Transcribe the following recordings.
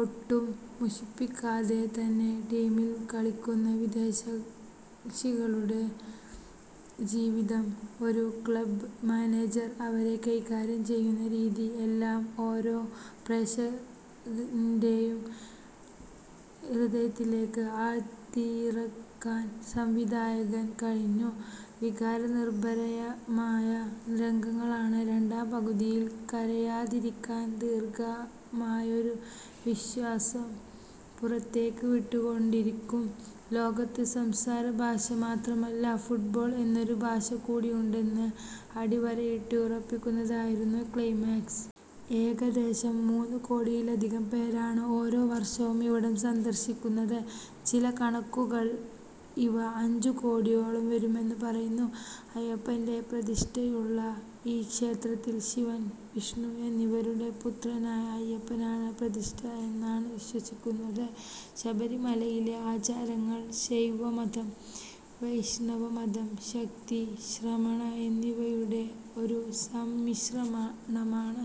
ഒട്ടും മുഷിപ്പിക്കാതെ തന്നെ. ടീമിൽ കളിക്കുന്ന വിദേശികളുടെ ജീവിതം. ഒരു ക്ലബ് മാനേജർ അവരെ കൈകാര്യം ചെയ്യുന്ന രീതി. എല്ലാം ഓരോ പ്രേക്ഷന്റേയും ഹൃദയത്തിലേക്ക് ആഴ്ത്തിയിറക്കാൻ സംവിധായകൻ കഴിഞ്ഞു. വികാര നിർഭരയമായ രംഗങ്ങളാണ് രണ്ടാം പകുതിയിൽ. കരയാതിരിക്കാൻ ദീർഘമായൊരു നിശ്വാസം പുറത്തേക്ക് വിട്ടുക്കൊണ്ടിരിക്കും. ലോകത്ത് സംസാരഭാഷ മാത്രമല്ല, ഫുട്ബോൾ എന്നൊരു ഭാഷകൂടിയുണ്ടെന്ന് അടിവരയിട്ട് ഉറപ്പിക്കുന്നതായിരുന്നു ക്ലൈമാക്സ്. ഏകദേശം മൂന്നു കോടിയിലധികം പേരാണ് ഓരോ വർഷവും ഇവിടം സന്ദർശിക്കുന്നത്. ചില കണക്കുകൾ ഇവ അഞ്ചു കോടിയോളം വരുമെന്നു പറയുന്നു. അയ്യപ്പന്റെ പ്രതിഷ്ഠയുള്ള ഈ ക്ഷേത്രത്തിൽ ശിവൻ, വിഷ്ണു എന്നിവരുടെ പുത്രനായ അയ്യപ്പനാണ് പ്രതിഷ്ഠ എന്നാണ് വിശ്വസിക്കുന്നത്. ശബരിമലയിലെ ആചാരങ്ങൾ ശൈവമതം, വൈഷ്ണവമതം, ശക്തി, ശ്രമണ എന്നിവയുടെ ഒരു സമ്മിശ്രണമാണ്.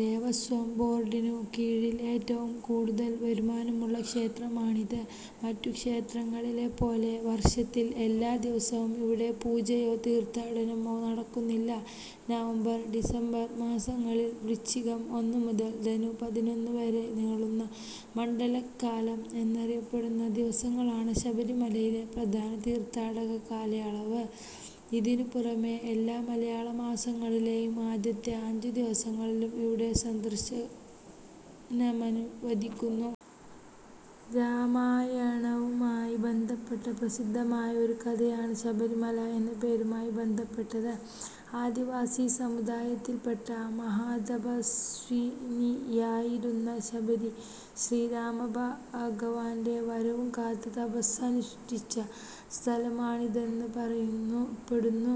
ദേവസ്വം ബോർഡിനു കീഴിൽ ഏറ്റവും കൂടുതൽ വരുമാനമുള്ള ക്ഷേത്രമാണിത്. മറ്റു ക്ഷേത്രങ്ങളിലെപ്പോലെ വർഷത്തിൽ എല്ലാ ദിവസവും ഇവിടെ പൂജയോ തീർത്ഥാടനമോ നടക്കുന്നില്ല. നവംബർ-ഡിസംബർ മാസങ്ങളിൽ, വൃശ്ചികം ഒന്നുമുതൽ ധനു പതിനൊന്നുവരെ നീളുന്ന, മണ്ഡലക്കാലം എന്നറിയപ്പെടുന്ന ദിവസങ്ങളാണ് ശബരിമലയിലെ പ്രധാന തീർത്ഥാടനകാലയളവ്. ഇതിനുപുറമേ എല്ലാ മലയാളമാസങ്ങളിലേയും ആദ്യത്തെ അഞ്ചുദിവസങ്ങളിലും ഇവിടെ സന്ദർശനമനുവദിക്കുന്നു. രാമായണവുമായി ബന്ധപ്പെട്ട പ്രസിദ്ധമായ ഒരു കഥയാണ് ശബരിമല എന്ന പേരുമായി ബന്ധപ്പെട്ടത്. ആദിവാസി സമുദായത്തിൽപ്പെട്ട മഹാതപസ്വിനിയായിരുന്ന ശബരി, ശ്രീരാമഭഗവാന്റെ വരവും കാത്ത് തപസ്സനുഷ്ഠിച്ച സ്ഥലമാണിതെന്ന് പറയപ്പെടുന്നു.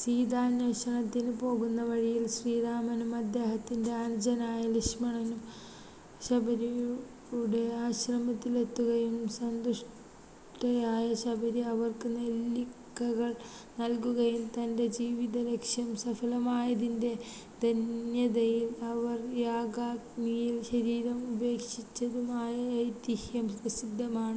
സീതാന്വേഷണത്തിന് പോകുന്ന വഴിയിൽ ശ്രീരാമനും അദ്ദേഹത്തിൻറെ അനുജനായ ലക്ഷ്മണനും ശബരിയുടെ ആശ്രമത്തിലെത്തുകയും സന്തുഷ്ടയായ ശബരി അവർക്ക് നെല്ലിക്കകൾ നൽകുകയും തന്റെ ജീവിതലക്ഷ്യം സഫലമായതിന്റെ ധന്യതയിൽ അവർ യാഗാഗ്നിയിൽ ശരീരം ഉപേക്ഷിച്ചതുമായ ഐതിഹ്യം പ്രസിദ്ധമാണ്.